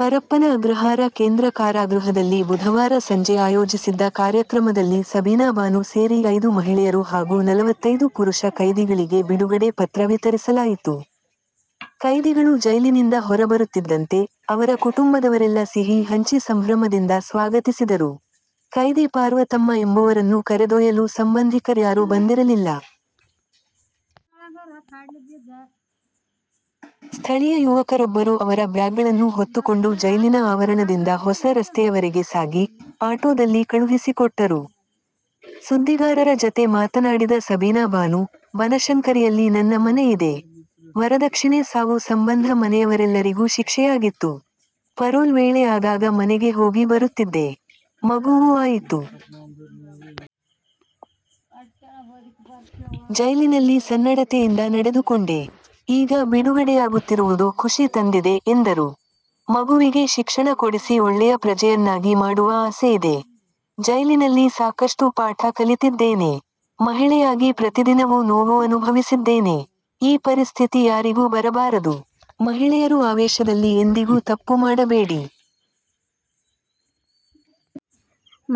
ಪರಪ್ಪನ ಅಗ್ರಹಾರ ಕೇಂದ್ರ ಕಾರಾಗೃಹದಲ್ಲಿ ಬುಧವಾರ ಸಂಜೆ ಆಯೋಜಿಸಿದ್ದ ಕಾರ್ಯಕ್ರಮದಲ್ಲಿ ಸಬೀನಾ ಬಾನು ಸೇರಿ ಐದು ಮಹಿಳೆಯರು ಹಾಗೂ ನಲವತ್ತೈದು ಪುರುಷ ಕೈದಿಗಳಿಗೆ ಬಿಡುಗಡೆ ಪತ್ರ ವಿತರಿಸಲಾಯಿತು. ಕೈದಿಗಳು ಜೈಲಿನಿಂದ ಹೊರಬರುತ್ತಿದ್ದಂತೆ, ಅವರ ಕುಟುಂಬದವರೆಲ್ಲ ಸಿಹಿ ಹಂಚಿ ಸಂಭ್ರಮದಿಂದ ಸ್ವಾಗತಿಸಿದರು. ಕೈದಿ ಪಾರ್ವತಮ್ಮ ಎಂಬುವರನ್ನು ಕರೆದೊಯ್ಯಲು ಸಂಬಂಧಿಕರ್ಯಾರು ಬಂದಿರಲಿಲ್ಲ. ಸ್ಥಳೀಯ ಯುವಕರೊಬ್ಬರು ಅವರ ಬ್ಯಾಗ್ಗಳನ್ನು ಹೊತ್ತುಕೊಂಡು ಜೈಲಿನ ಆವರಣದಿಂದ ಹೊಸ ರಸ್ತೆಯವರೆಗೆ ಸಾಗಿ, ಆಟೋದಲ್ಲಿ ಕಳುಹಿಸಿಕೊಟ್ಟರು. ಸುದ್ದಿಗಾರರ ಜತೆ ಮಾತನಾಡಿದ ಸಬೀನಾ ಬಾನು, 'ಬನಶಂಕರಿಯಲ್ಲಿ ನನ್ನ ಮನೆ ಇದೆ. ವರದಕ್ಷಿಣೆ ಸಾವು ಸಂಬಂಧ ಮನೆಯವರೆಲ್ಲರಿಗೂ ಶಿಕ್ಷೆಯಾಗಿತ್ತು. ಪರೋಲ್ ವೇಳೆ ಆಗಾಗ ಮನೆಗೆ ಹೋಗಿ ಬರುತ್ತಿದ್ದೆ. ಮಗುವೂ ಆಯಿತು. ಜೈಲಿನಲ್ಲಿ ಸನ್ನಡತೆಯಿಂದ ನಡೆದುಕೊಂಡೆ. ಈಗ ಬಿಡುಗಡೆಯಾಗುತ್ತಿರುವುದು ಖುಷಿ ತಂದಿದೆ' ಎಂದರು. 'ಮಗುವಿಗೆ ಶಿಕ್ಷಣ ಕೊಡಿಸಿ ಒಳ್ಳೆಯ ಪ್ರಜೆಯನ್ನಾಗಿ ಮಾಡುವ ಆಸೆ ಇದೆ. ಜೈಲಿನಲ್ಲಿ ಸಾಕಷ್ಟು ಪಾಠ ಕಲಿತಿದ್ದೇನೆ. ಮಹಿಳೆಯಾಗಿ ಪ್ರತಿದಿನವೂ ನೋವು ಅನುಭವಿಸಿದ್ದೇನೆ. ಈ ಪರಿಸ್ಥಿತಿ ಯಾರಿಗೂ ಬರಬಾರದು. ಮಹಿಳೆಯರು ಆವೇಷದಲ್ಲಿ ಎಂದಿಗೂ ತಪ್ಪು ಮಾಡಬೇಡಿ.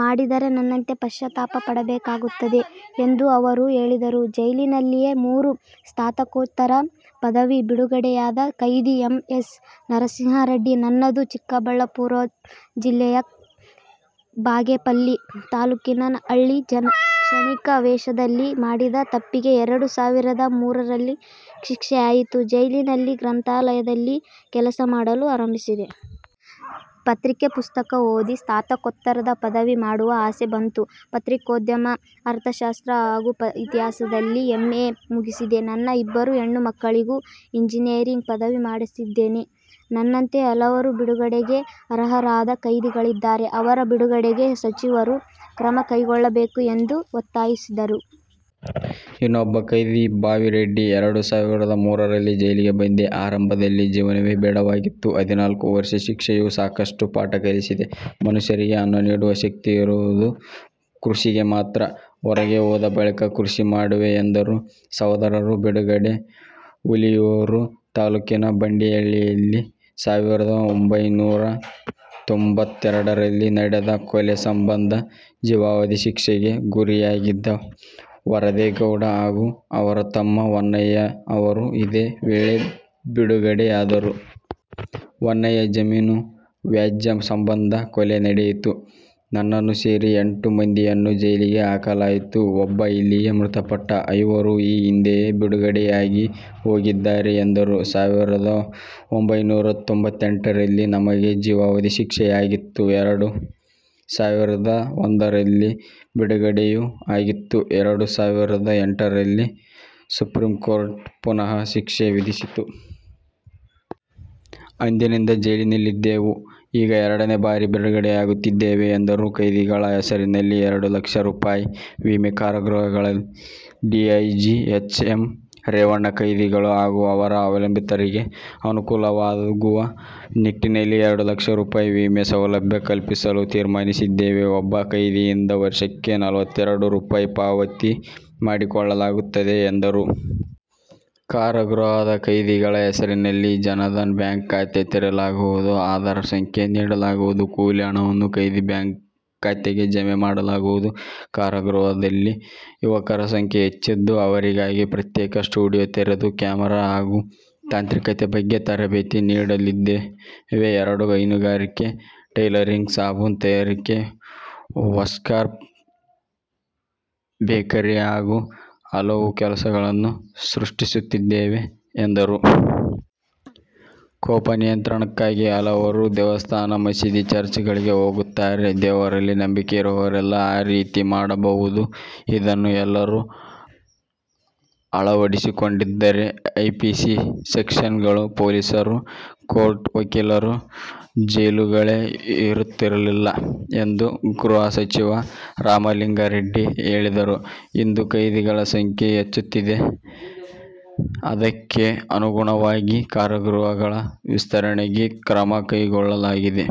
ಮಾಡಿದರೆ, ನನ್ನಂತೆ ಪಶ್ಚಾತಾಪ ಪಡಬೇಕಾಗುತ್ತದೆ' ಎಂದು ಅವರು ಹೇಳಿದರು. ಜೈಲ್ಲಿನಲ್ಲೇ ಮೂರು ಸ್ನಾತಕೋತ್ತರ ಪದವಿ: ಬಿಡುಗಡೆಯಾದ ಕೈದಿ ಎಂ. ಎಸ್. ನರಸಿಂಹ ರೆಡ್ಡಿ, 'ನನ್ನದು ಚಿಕ್ಕಬಳ್ಳಾಪುರ ಜಿಲ್ಲೆಯ ಬಾಗೇಪಲ್ಲಿ ತಾಲ್ಲೂಕಿನ ಹಳ್ಳಿ. ಕ್ಷಣಿಕ ಆವೇಷದಲ್ಲಿ ಮಾಡಿದ ತಪ್ಪಿಗೆ ಎರಡು ಸಾವಿರದ ಮೂರರಲ್ಲಿ ಶಿಕ್ಷೆಯಾಯಿತು. ಜೈಲಿನ ಗ್ರಂಥಾಲಯದಲ್ಲಿ ಕೆಲಸ ಮಾಡಲು ಆರಂಭಿಸಿದೆ. ಪತ್ರಿಕೆ, ಪುಸ್ತಕ ಓದಿ ಸ್ನಾತಕೋತ್ತರ ಪದವಿ ಮಾಡುವ ಆಸೆ ಬಂತು. ಪತ್ರಿಕೋದ್ಯಮ, ಅರ್ಥಶಾಸ್ತ್ರ ಹಾಗೂ ಇತಿಹಾಸದಲ್ಲಿ ಎಂ. ಎ ಮುಗಿಸಿದೆ. ನನ್ನ ಇಬ್ಬರು ಹೆಣ್ಣು ಮಕ್ಕಳಿಗೂ ಎಂಜಿನಿಯರಿಂಗ್ ಪದವಿ ಮಾಡಿಸಿದ್ದೇನೆ. ನನ್ನಂತೆ ಹಲವರು ಬಿಡುಗಡೆಗೆ ಅರ್ಹರಾದ ಕೈದಿಗಳಿದ್ದಾರೆ. ಅವರ ಬಿಡುಗಡೆಗೆ ಸಚಿವರು ಕ್ರಮ ಕೈಗೊಳ್ಳಬೇಕು' ಎಂದು ಒತ್ತಾಯಿಸಿದರು. ಇನ್ನೊಬ್ಬ ಕೈದಿ ಭಾವಿ ರೆಡ್ಡಿ, ಎರಡು ಸಾವಿರದ ಮೂರರಲ್ಲಿ ಜೈಲಿಗೆ ಬಂದೆ. ಆರಂಭದಲ್ಲಿ ಜೀವನವೇ ಬೇಡವಾಗಿತ್ತು. ಹದಿನಾಲ್ಕು ವರ್ಷ ಶಿಕ್ಷೆಯು ಸಾಕಷ್ಟು ಪಾಠ ಕಲಿಸಿದೆ. ಮನುಷ್ಯರಿಗೆ ಅನ್ನ ನೀಡುವ ಶಕ್ತಿ ಇರುವುದು ಕೃಷಿಗೆ ಮಾತ್ರ. ಹೊರಗೆ ಹೋದ ಬಳಿಕ ಕೃಷಿ ಮಾಡುವೆ' ಎಂದರು. ಸಹೋದರರು ಬಿಡುಗಡೆ: ಹುಲಿಯೂರು ತಾಲ್ಲೂಕಿನ ಬಂಡಿಹಳ್ಳಿಯಲ್ಲಿ ಸಾವಿರದ ಒಂಭೈನೂರ ತೊಂಬತ್ತೆರಡರಲ್ಲಿ ನಡೆದ ಕೊಲೆ ಸಂಬಂಧ ಜೀವಾವಧಿ ಶಿಕ್ಷೆಗೆ ಗುರಿಯಾಗಿದ್ದ ವರದೇಗೌಡ ಹಾಗೂ ಅವರ ತಮ್ಮ ವನ್ನಯ್ಯ ಅವರು ಇದೇ ವೇಳೆ ಬಿಡುಗಡೆಯಾದರು. ವನ್ನಯ್ಯ, 'ಜಮೀನು ವ್ಯಾಜ್ಯ ಸಂಬಂಧ ಕೊಲೆ ನಡೆಯಿತು. ನನ್ನನ್ನು ಸೇರಿ ಎಂಟು ಮಂದಿಯನ್ನು ಜೈಲಿಗೆ ಹಾಕಲಾಯಿತು. ಒಬ್ಬ ಇಲ್ಲಿಯೇ ಮೃತಪಟ್ಟ. ಐವರು ಈ ಹಿಂದೆಯೇ ಬಿಡುಗಡೆಯಾಗಿ ಹೋಗಿದ್ದಾರೆ' ಎಂದರು. ಸಾವಿರದ ಒಂಭೈನೂರ ತೊಂಬತ್ತೆಂಟರಲ್ಲಿ ನಮಗೆ ಜೀವಾವಧಿ ಶಿಕ್ಷೆಯಾಗಿತ್ತು. ಎರಡು ಸಾವಿರದ ಒಂದರಲ್ಲಿ ಬಿಡುಗಡೆಯೂ ಆಗಿತ್ತು. ಎರಡು ಸಾವಿರದ ಎಂಟರಲ್ಲಿ ಸುಪ್ರೀಂಕೋರ್ಟ್ ಪುನಃ ಶಿಕ್ಷೆ ವಿಧಿಸಿತ್ತು. ಅಂದಿನಿಂದ ಜೈಲಿನಲ್ಲಿದ್ದೆವು. ಈಗ ಎರಡನೇ ಬಾರಿ ಬಿಡುಗಡೆಯಾಗುತ್ತಿದ್ದೇವೆ ಎಂದರು. ಕೈದಿಗಳ ಹೆಸರಿನಲ್ಲಿ ಎರಡು ಲಕ್ಷ ರೂಪಾಯಿ ವಿಮೆ: ಕಾರಾಗೃಹಗಳ ಡಿಐಜಿ ಎಚ್. ಎಂ. ರೇವಣ್ಣ, ಕೈದಿಗಳು ಹಾಗೂ ಅವರ ಅವಲಂಬಿತರಿಗೆ ಅನುಕೂಲವಾಗುವ ನಿಟ್ಟಿನಲ್ಲಿ ಎರಡು ಲಕ್ಷ ರೂಪಾಯಿ ವಿಮೆ ಸೌಲಭ್ಯ ಕಲ್ಪಿಸಲು ತೀರ್ಮಾನಿಸಿದ್ದೇವೆ. ಒಬ್ಬ ಕೈದಿಯಿಂದ ವರ್ಷಕ್ಕೆ ನಲವತ್ತೆರಡು ರೂಪಾಯಿ ಪಾವತಿ ಮಾಡಿಸಿಕೊಳ್ಳಲಾಗುತ್ತಿದೆ ಎಂದರು. 'ಕಾರಾಗೃಹದ ಕೈದಿಗಳ ಹೆಸರಿನಲ್ಲಿ ಜನಧನ್ ಬ್ಯಾಂಕ್ ಖಾತೆ ತೆರೆಯಲಾಗುವುದು. ಆಧಾರ್ ಸಂಖ್ಯೆ ನೀಡಲಾಗುವುದು. ಕೂಲಿ ಹಣವನ್ನು ಕೈದಿಗಳ ಬ್ಯಾಂಕ್ ಖಾತೆಗೆ ಜಮೆ ಮಾಡಲಾಗುವುದು. ಕಾರಾಗೃಹದಲ್ಲಿ ಯುವಕರ ಸಂಖ್ಯೆ ಹೆಚ್ಚಿದ್ದು, ಅವರಿಗಾಗಿ ಪ್ರತ್ಯೇಕ ಸ್ಟುಡಿಯೊ ತೆರೆದು ಕ್ಯಾಮೆರಾ ಹಾಗೂ ತಾಂತ್ರಿಕತೆ ಬಗ್ಗೆ ತರಬೇತಿ ನೀಡಲಿದ್ದೇವೆಎರಡು ಹೈನುಗಾರಿಕೆ, ಟೈಲರಿಂಗ್, ಸಾಬೂನು ತಯಾರಿಕೆ, ವರ್ಕ್ಶಾಪ್, ಬೇಕರಿ ಹಾಗೂ ಹಲವು ಕೆಲಸಗಳನ್ನು ಸೃಷ್ಟಿಸುತ್ತಿದ್ದೇವೆ' ಎಂದರು. 'ಕೋಪ ನಿಯಂತ್ರಣಕ್ಕಾಗಿ ಹಲವರು ದೇವಸ್ಥಾನ, ಮಸೀದಿ, ಚರ್ಚ್ಗಳಿಗೆ ಹೋಗುತ್ತಾರೆ. ದೇವರಲ್ಲಿ ನಂಬಿಕೆ ಇರುವವರೆಲ್ಲ ಆ ರೀತಿ ಮಾಡಬಹುದು. ಅದನ್ನು ಎಲ್ಲರೂ ಅಳವಡಿಸಿಕೊಂಡಿದ್ದರೆ, ಐಪಿಸಿ ಸೆಕ್ಷನ್ಗಳು, ಪೊಲೀಸರು, ಕೋರ್ಟ್, ವಕೀಲರು, ಜೈಲುಗಳೇ ಇರುತ್ತಿರಲಿಲ್ಲ' ಎಂದು ಗೃಹ ಸಚಿವ ರಾಮಲಿಂಗಾರೆಡ್ಡಿ ಹೇಳಿದರು. 'ಇಂದು ಕೈದಿಗಳ ಸಂಖ್ಯೆ ಹೆಚ್ಚುತ್ತಿದೆ. ಅದಕ್ಕೆ ಅನುಗುಣವಾಗಿ ಕಾರಾಗೃಹಗಳ ವಿಸ್ತರಣೆಗೆ ಕ್ರಮ ಕೈಗೊಳ್ಳಲಾಗಿದೆ.